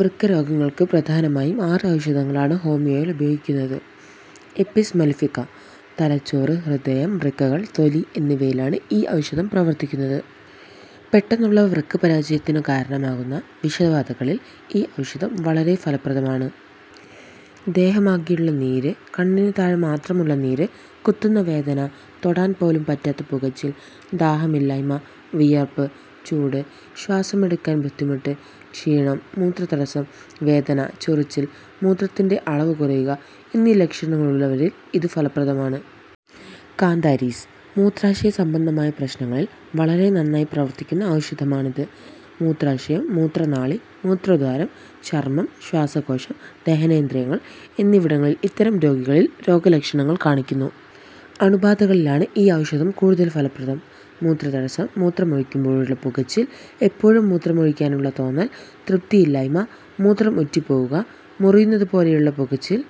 വൃക്കരോഗങ്ങള്ക്ക് പ്രധാനമായും ആറ് ഔഷധങ്ങളാണ് ഹോമിയോയില് ഉപയോഗിക്കുന്നത്. എപ്പിസ് മലിഫിക്ക തലച്ചോറ്, ഹൃദയം, വൃക്കകള്, തൊലി എന്നിവയിലാണ് ഈ ഔഷധം പ്രവര്ത്തിക്കുന്നത്. പെട്ടെന്നുള്ള വൃക്കപരാജയത്തിനു കാരണമാകുന്ന വിഷബാധകളില് ഈ ഔഷധം വളരെ ഫലപ്രദമാണ്. ദേഹമാകെയുള്ള നീര്, കണ്ണിനു താഴെ മാത്രമുള്ള നീര്, കുത്തുന്ന വേദന, തൊടാന് പോലും പറ്റാത്ത പുകച്ചില്, ദാഹമില്ലായ്മ, വിയര്പ്പ്, ചൂട്, ശ്വാസമെടുക്കാന് ബുദ്ധിമുട്ട്, ക്ഷീണം, മൂത്രതടസ്സം, വേദന, ചൊറിച്ചില്, മൂത്രത്തിന്റെ അളവ് കുറയുക എന്നീ ലക്ഷണങ്ങളുള്ളവരില് ഇതു ഫലപ്രദമാണ്. കാന്താരിസ് മൂത്രാശയ സംബന്ധമായ പ്രശ്നങ്ങളില് വളരെ നന്നായി പ്രവര്ത്തിക്കുന്ന ഔഷധമാണിത്. മൂത്രാശയം, മൂത്രനാളി, മൂത്രദ്വാരം, ചര്മ്മം, ശ്വാസകോശം, ദഹനേന്ദ്രിയങ്ങള് എന്നിവിടങ്ങളില് ഇത്തരം രോഗികളില് രോഗലക്ഷണങ്ങള് കാണുന്നു. അണുബാധകളിലാണ് ഈ ഔഷധം കൂടുതല് ഫലപ്രദം. മൂത്രതടസ്സം, മൂത്രമൊഴിക്കുമ്പോഴുള്ള പുകച്ചില്, എപ്പോഴും മൂത്രമൊഴിക്കാനുള്ള തോന്നല്, തൃപ്തിയില്ലായ്മ, മൂത്രം ഉറ്റിപ്പോവുക, മുറിയുന്നതുപോലെയുള്ള പുകച്ചില്,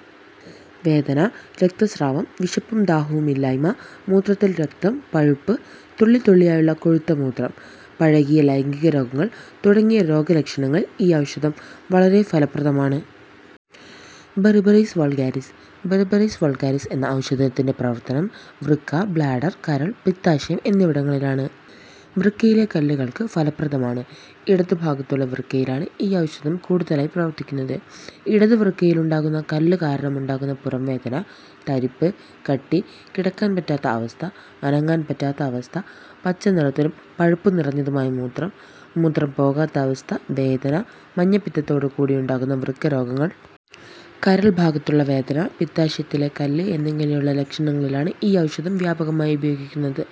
വേദന, രക്തസ്രാവം, വിശപ്പും ദാഹവുമില്ലായ്മ, മൂത്രത്തില് രക്തം, പഴുപ്പ്, തുള്ളിതുള്ളിയായുള്ള കൊഴുത്ത മൂത്രം, പഴകിയ ലൈംഗിക രോഗങ്ങള് തുടങ്ങിയ രോഗലക്ഷണങ്ങളില് ഈ ഔഷധം വളരെ ഫലപ്രദമാണ്. ബെറിബറിസ് വള്ഗാരിസ് ബെറിബറിസ് വള്ഗാരിസ് എന്ന ഔഷധത്തിന്റെ പ്രവര്ത്തനം വൃക്ക, ബ്ലാഡര്, കരള്, പിത്താശയം എന്നിവിടങ്ങളിലാണ്. വൃക്കയിലെ കല്ലുകള്ക്ക് ഫലപ്രദമാണ്. ഇടതു ഭാഗത്തുള്ള വൃക്കയിലാണ് ഈ ഔഷധം കൂടുതലായി പ്രവര്ത്തിക്കുന്നത്. ഇടതു വൃക്കയിലുണ്ടാകുന്ന കല്ലു കാരണമുണ്ടാകുന്ന പുറംവേദന, തരിപ്പ്, കട്ടി, കിടക്കാന് പറ്റാത്ത അവസ്ഥ, അനങ്ങാന് പറ്റാത്ത അവസ്ഥ, പച്ചനിറത്തിലും പഴുപ്പു നിറഞ്ഞതുമായ മൂത്രം, മൂത്രം പോകാത്ത അവസ്ഥ, വേദന, മഞ്ഞപ്പിത്തത്തോടു കൂടിയുണ്ടാകുന്ന വൃക്കരോഗങ്ങള്. കരള്ഭാഗത്തുള്ള വേദന, പിത്താശയത്തിലെ കല്ല് എന്നിങ്ങനെയുള്ള ലക്ഷണങ്ങളിലാണ് ഈ ഔഷധം വ്യാപകമായി ഉപയോഗിക്കുന്നത്.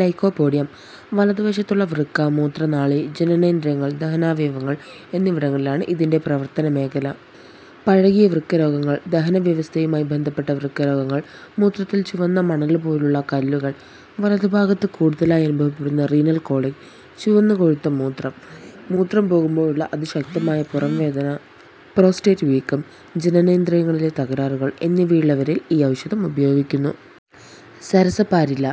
ലൈക്കോപോഡിയം വലതുവശത്തുള്ള വൃക്ക, മൂത്രനാളി, ജനനേന്ദ്രിയങ്ങള്, ദഹനാവയവങ്ങള് എന്നിവിടങ്ങളാണ് ഇതിന്റെ പ്രവര്ത്തനമേഖല. പഴകിയ വൃക്കരോഗങ്ങള്, ദഹനവ്യവസ്ഥയുമായി ബന്ധപ്പെട്ട വൃക്കരോഗങ്ങള്, മൂത്രത്തില് ചുവന്ന മണലുപോലുള്ള കല്ലുകള്, വലതുഭാഗത്ത് കൂടുതലായനുഭവപ്പെടുന്ന റീനല് കോളിക്, ചുവന്നുകൊഴുത്ത മൂത്രം, മൂത്രം പോകുമ്പോഴുള്ള അതിശക്തമായ പുറംവേദന, പ്രോസ്റ്റേറ്റ് വീക്കം, ജനനേന്ദ്രിയങ്ങളിലെ തകരാറുകള് എന്നിവയുള്ള വരില് ഈ ഔഷധം ഉപയോഗിക്കുന്നു. സരസപ്പാരില്ല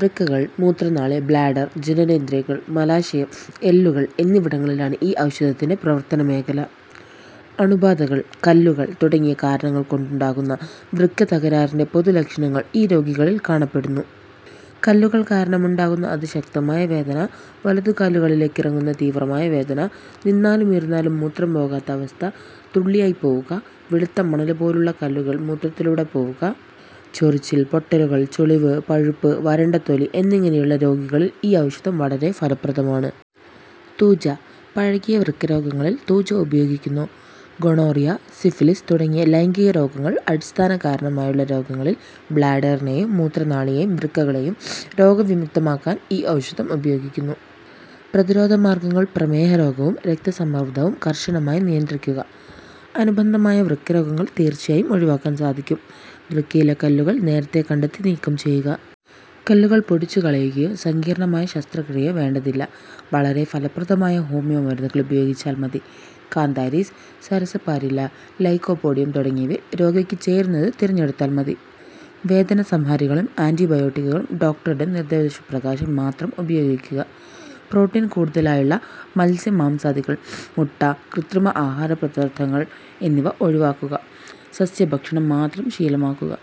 വൃക്കകള്, മൂത്രനാളി, ബ്ലാഡര്, ജനനേന്ദ്രിയങ്ങള്, മലാശയം, എല്ലുകള് എന്നിവിടങ്ങളിലാണ് ഈ ഔഷധത്തിന്റെ പ്രവര്ത്തന മേഖല. അണുബാധകള്, കല്ലുകള് തുടങ്ങിയ കാരണങ്ങള്കൊണ്ടുണ്ടാകുന്ന വൃക്കത്തകരാറിന്റെ പൊതുലക്ഷണങ്ങള് ഈ രോഗികളില് കാണപ്പെടുന്നു. കല്ലുകള് കാരണമുണ്ടാകുന്ന അതിശക്തമായ വേദന, വലതുകാലുകളിലേക്കിറങ്ങുന്ന തീവ്രമായ വേദന, നിന്നാലുമിരുന്നാലും മൂത്രം പോകാത്ത അവസ്ഥ, തുള്ളിയായി പോവുക, വെളുത്ത മണലുപോലുള്ള കല്ലുകള് മൂത്രത്തിലൂടെ പോവുക, ചൊറിച്ചില്, പൊട്ടലുകള്, ചുളിവ്, പഴുപ്പ്, വരണ്ട തൊലി എന്നിങ്ങനെയുള്ള രോഗികളില് ഈ ഔഷധം വളരെ ഫലപ്രദമാണ്. തൂജ പഴകിയ വൃക്കരോഗങ്ങളില് തൂജ ഉപയോഗിക്കുന്നു. ഗൊണോറിയ, സിഫിലിസ് തുടങ്ങിയ ലൈംഗികരോഗങ്ങള് അടിസ്ഥാനകാരണമായുള്ള രോഗങ്ങളില് ബ്ലാഡറിനെയും മൂത്രനാളികളെയും വൃക്കകളെയും രോഗവിമുക്തമാക്കാന് ഈ ഔഷധം ഉപയോഗിക്കുന്നു. പ്രതിരോധ മാര്ഗങ്ങള് പ്രമേഹരോഗവും രക്തസമ്മര്ദവും കര്ശനമായി നിയന്ത്രിക്കുക. അനുബന്ധമായ വൃക്കരോഗങ്ങള് തീര്ച്ചയായും ഒഴിവാക്കാന് സാധിക്കും. വൃക്കയിലെ കല്ലുകള് നേരത്തെ കണ്ടെത്തി നീക്കം ചെയ്യുക. കല്ലുകള് പൊടിച്ചുകളയുകയോ സങ്കീര്ണമായ ശസ്ത്രക്രിയയോ വേണ്ടതില്ല. വളരെ ഫലപ്രദമായ ഹോമിയോ മരുന്നുകള് ഉപയോഗിച്ചാല് മതി. കാന്താരിസ്, സരസപ്പാരില്ല, ലൈക്കോപോഡിയം തുടങ്ങിയവയില് രോഗിക്ക് ചേരുന്നത് തിരഞ്ഞെടുത്താല് മതി. വേദന സംഹാരികളും ആന്റിബയോട്ടിക്കുകളും ഡോക്ടറുടെ നിര്ദേശപ്രകാരം മാത്രം ഉപയോഗിക്കുക. പ്രോട്ടീന് കൂടുതലായുള്ള മത്സ്യമാംസാദികള്, മുട്ട, കൃത്രിമ ആഹാരപദാര്ഥങ്ങള് എന്നിവ ഒഴിവാക്കുക. സസ്യഭക്ഷണം മാത്രം ശീലമാക്കുക.